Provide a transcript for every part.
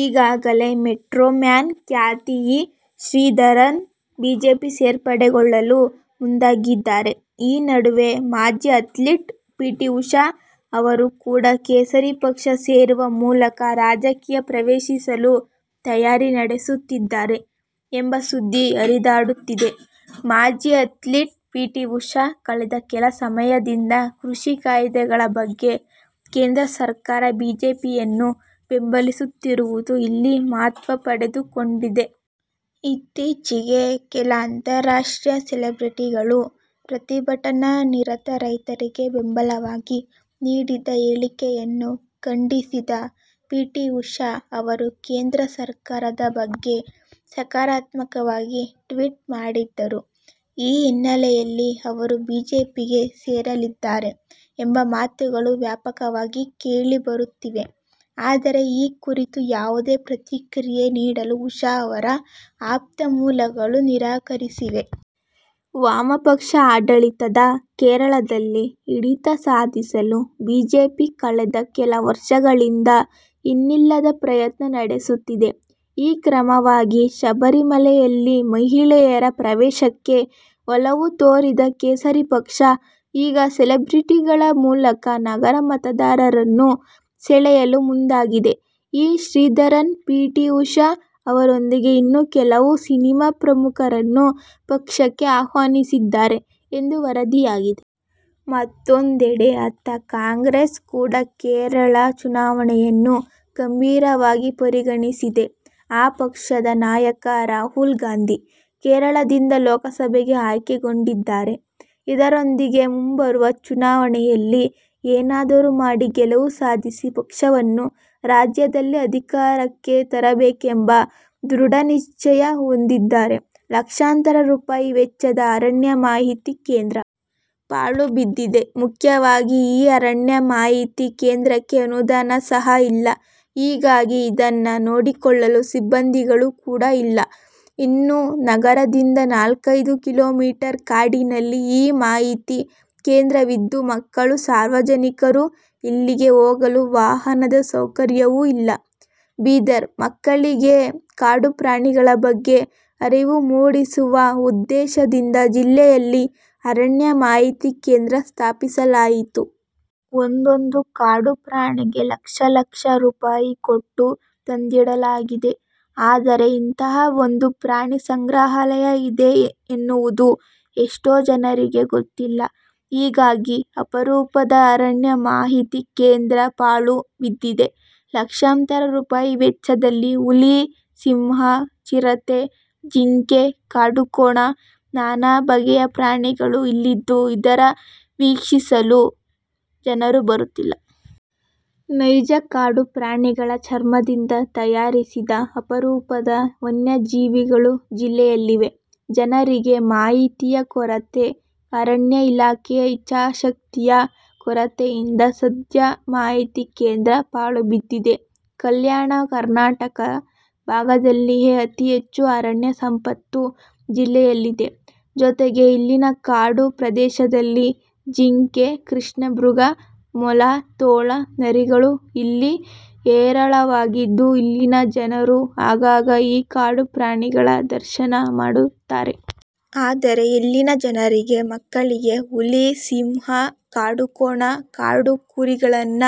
ಈಗಾಗಲೇ 'ಮೆಟ್ರೊಮ್ಯಾನ್' ಖ್ಯಾತಿ E. Sreedharan BJP ಸೇರ್ಪಡೆಗೊಳ್ಳಲು ಮುಂದಾಗಿದ್ದಾರೆ. ಈ ನಡುವೆ ಮಾಜಿ ಅಥ್ಲೀಟ್ ಪಿ. ಟಿ. ಉಷಾ ಅವರೂ ಕೂಡ ಕೇಸರಿ ಪಕ್ಷ ಸೇರುವ ಮೂಲಕ ರಾಜಕೀಯ ಪ್ರವೇಶಿಸಲು ತಯಾರಿ ನಡೆಸುತ್ತಿದ್ದಾರೆ ಎಂಬ ಸುದ್ದಿ ಹರಿದಾಡುತ್ತಿದೆ. ಮಾಜಿ ಅಥ್ಲೀಟ್ ಪಿಟಿ ಉಷಾ ಕಳೆದ ಕೆಲ ಸಮಯದಿಂದ ಕೃಷಿ ಕಾಯ್ದೆಗಳ ಬಗ್ಗೆ ಕೇಂದ್ರ ಸರ್ಕಾರ, ಬಿಜೆಪಿಯನ್ನು ಬೆಂಬಲಿಸುತ್ತಿರುವುದು ಇಲ್ಲಿ ಮಹತ್ವಪಡೆದುಕೊಂಡಿದೆ. ಇತ್ತೀಚಿಗೆ ಕೆಲ ಅಂತರಾಷ್ಟ್ರೀಯ ಸೆಲೆಬ್ರೆಟಿಗಳು ಪ್ರತಿಭಟನಾ ನಿರತ ರೈತರಿಗೆ ಬೆಂಬಲವಾಗಿ ನೀಡಿದ್ದ ಹೇಳಿಕೆಯನ್ನು ಖಂಡಿಸಿದ್ದ ಪಿಟಿ ಉಷಾ ಅವರು ಕೇಂದ್ರ ಸರ್ಕಾರದ ಬಗ್ಗೆ ಸಕಾರಾತ್ಮಕವಾಗಿ ಟ್ವೀಟ್ ಮಾಡಿದ್ದರು. ಈ ಹಿನ್ನೆಲೆಯಲ್ಲಿ ಅವರು ಬಿಜೆಪಿಗೆ ಸೇರಲಿದ್ದಾರೆ ಎಂಬ ಮಾತುಗಳು ವ್ಯಾಪಕವಾಗಿ ಕೇಳಿಬರುತ್ತಿವೆ. ಆದರೆ, ಈ ಕುರಿತು ಯಾವುದೇ ಪ್ರತಿಕ್ರಿಯೆ ನೀಡಲು ಉಷಾ ಅವರ ಆಪ್ತ ಮೂಲಗಳು ನಿರಾಕರಿಸಿವೆ. ವಾಮಪಕ್ಷ ಆಡಳಿತದ ಕೇರಳದಲ್ಲಿ ಹಿಡಿತ ಸಾಧಿಸಲು ಬಿಜೆಪಿ ಕಳೆದ ಕೆಲ ವರ್ಷಗಳಿಂದ ಇನ್ನಿಲ್ಲದ ಪ್ರಯತ್ನ ನಡೆಸುತ್ತಿದೆ. ಈ ಕ್ರಮವಾಗಿ ಶಬರಿಮಲೆಯಲ್ಲಿ ಮಹಿಳೆಯರ ಪ್ರವೇಶಕ್ಕೆ ಒಲವು ತೋರಿದ ಕೇಸರಿ ಪಕ್ಷ, ಈಗ ಸೆಲೆಬ್ರಿಟಿಗಳ ಮೂಲಕ ನಗರ ಮತದಾರರನ್ನು ಸೆಳೆಯಲು ಮುಂದಾಗಿದೆ. E. Sreedharan, P. T. Usha ಅವರೊಂದಿಗೆ ಇನ್ನೂ ಕೆಲವು ಸಿನಿಮಾ ಪ್ರಮುಖರನ್ನು ಪಕ್ಷಕ್ಕೆ ಆಹ್ವಾನಿಸಿದ್ದಾರೆ ಎಂದು ವರದಿಯಾಗಿದೆ. ಮತ್ತೊಂದೆಡೆ, ಅತ್ತ ಕಾಂಗ್ರೆಸ್ ಕೂಡ ಕೇರಳ ಚುನಾವಣೆಯನ್ನು ಗಂಭೀರವಾಗಿ ಪರಿಗಣಿಸಿದೆ. ಆ ಪಕ್ಷದ ನಾಯಕ ರಾಹುಲ್ ಗಾಂಧಿ ಕೇರಳದಿಂದ ಲೋಕಸಭೆಗೆ ಆಯ್ಕೆಗೊಂಡಿದ್ದಾರೆ. ಇದರೊಂದಿಗೆ ಮುಂಬರುವ ಚುನಾವಣೆಯಲ್ಲಿ ಏನಾದರೂ ಮಾಡಿ ಗೆಲುವು ಸಾಧಿಸಿ ಪಕ್ಷವನ್ನು ರಾಜ್ಯದಲ್ಲಿ ಅಧಿಕಾರಕ್ಕೆ ತರಬೇಕೆಂಬ ದೃಢನಿಶ್ಚಯ ಹೊಂದಿದ್ದಾರೆ. ಲಕ್ಷಾಂತರ ರೂಪಾಯಿ ವೆಚ್ಚದ ಅರಣ್ಯ ಮಾಹಿತಿ ಕೇಂದ್ರ. ಪಾಳು ಬಿದ್ದಿದೆ ಮುಖ್ಯವಾಗಿ ಈ ಅರಣ್ಯ ಮಾಹಿತಿ ಕೇಂದ್ರಕ್ಕೆ ಅನುದಾನ ಸಹ ಇಲ್ಲಾ. ಹೀಗಾಗಿ ಇದನ್ನ ನೋಡಿಕೊಳ್ಳಲು ಸಿಬ್ಬಂದಿಗಳು ಕೂಡಾ ಇಲ್ಲಾ. ಇನ್ನೂ ನಗರದಿಂದ ನಾಲ್ಕೈದು ಕಿಲೋಮೀಟರ್ ಕಾಡಿನಲ್ಲಿ ಈ ಮಾಹಿತಿ ಕೇಂದ್ರವಿದ್ದು ಮಕ್ಕಳು ಸಾರ್ವಜನಿಕರು ಇಲ್ಲಿಗೆ ಹೋಗಲು ವಾಹನದ ಸೌಕರ್ಯವೂ ಇಲ್ಲಾ. ಬೀದರ್: ಮಕ್ಕಳಿಗೆ ಕಾಡು ಪ್ರಾಣಿಗಳ ಬಗ್ಗೆ ಅರಿವು ಮೂಡಿಸುವ ಉದ್ದೇಶದಿಂದ ಜಿಲ್ಲೆಯಲ್ಲಿ ಅರಣ್ಯ ಮಾಹಿತಿ ಕೇಂದ್ರ ಸ್ಥಾಪಿಸಲಾಯಿತು. ಒಂದೊಂದು ಕಾಡು ಪ್ರಾಣಿಗೆ ಲಕ್ಷ ಲಕ್ಷ ರೂಪಾಯಿ ಕೊಟ್ಟು ತಂದಿಡಲಾಗಿದೆ. ಆದರೆ ಇಂತಹ ಒಂದು ಪ್ರಾಣಿ ಸಂಗ್ರಹಾಲಯ ಇದೆ ಎನ್ನುವುದು ಎಷ್ಟೋ ಜನರಿಗೆ ಗೊತ್ತಿಲ್ಲ. ಹೀಗಾಗಿ ಅಪರೂಪದ ಅರಣ್ಯ ಮಾಹಿತಿ ಕೇಂದ್ರ ಪಾಳು ಬಿದ್ದಿದೆ. ಲಕ್ಷಾಂತರ ರೂಪಾಯಿ ವೆಚ್ಚದಲ್ಲಿ ಹುಲಿ, ಸಿಂಹ, ಚಿರತೆ, ಜಿಂಕೆ, ಕಾಡುಕೋಣ, ನಾನಾ ಬಗೆಯ ಪ್ರಾಣಿಗಳು ಇಲ್ಲಿದ್ದು ಇದರ ವೀಕ್ಷಿಸಲು ಜನರು ಬರುತ್ತಿಲ್ಲ. ನೈಜ ಕಾಡು ಪ್ರಾಣಿಗಳ ಚರ್ಮದಿಂದ ತಯಾರಿಸಿದ ಅಪರೂಪದ ವನ್ಯಜೀವಿಗಳು ಜಿಲ್ಲೆಯಲ್ಲಿವೆ. ಜನರಿಗೆ ಮಾಹಿತಿಯ ಕೊರತೆ, ಅರಣ್ಯ ಇಲಾಖೆಯ ಇಚ್ಚಾಶಕ್ತಿಯ ಕೊರತೆಯಿಂದ ಸದ್ಯ ಮಾಹಿತಿ ಕೇಂದ್ರ ಪಾಳುಬಿದ್ದಿದೆ. ಕಲ್ಯಾಣ ಕರ್ನಾಟಕ ಭಾಗದಲ್ಲಿಯೇ ಅತಿ ಹೆಚ್ಚು ಅರಣ್ಯ ಸಂಪತ್ತು ಜಿಲ್ಲೆಯಲ್ಲಿದೆ. ಜೊತೆಗೆ ಇಲ್ಲಿನ ಕಾಡು ಪ್ರದೇಶದಲ್ಲಿ ಚಿಂಕೆ, ಕೃಷ್ಣಮೃಗ, ಮೊಲ, ತೋಳ, ನರಿಗಳು ಇಲ್ಲಿ ಹೇರಳವಾಗಿದ್ದು ಇಲ್ಲಿನ ಜನರು ಆಗಾಗ ಈ ಕಾಡು ಪ್ರಾಣಿಗಳ ದರ್ಶನ ಮಾಡುತ್ತಾರೆ. ಆದರೆ ಇಲ್ಲಿನ ಜನರಿಗೆ, ಮಕ್ಕಳಿಗೆ ಹುಲಿ, ಸಿಂಹ, ಕಾಡುಕೋಣ, ಕಾಡುಕುರಿಗಳನ್ನ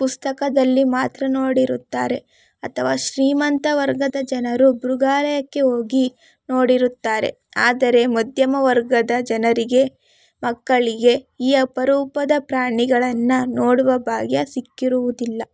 ಪುಸ್ತಕದಲ್ಲಿ ಮಾತ್ರ ನೋಡಿರುತ್ತಾರೆ ಅಥವಾ ಶ್ರೀಮಂತ ವರ್ಗದ ಜನರು ಮೃಗಾಲಯಕ್ಕೆ ಹೋಗಿ ನೋಡಿರುತ್ತಾರೆ. ಆದರೆ ಮದ್ಯಮವರ್ಗದ ಜನರಿಗೆ ಮಕ್ಕಳಿಗೆ ಈ ಅಪರೂಪದ ಪ್ರಾಣಿಗಳನ್ನ ನೋಡುವ ಭಾಗ್ಯ ಸಿಕ್ಕಿರುವುದಿಲ್ಲ.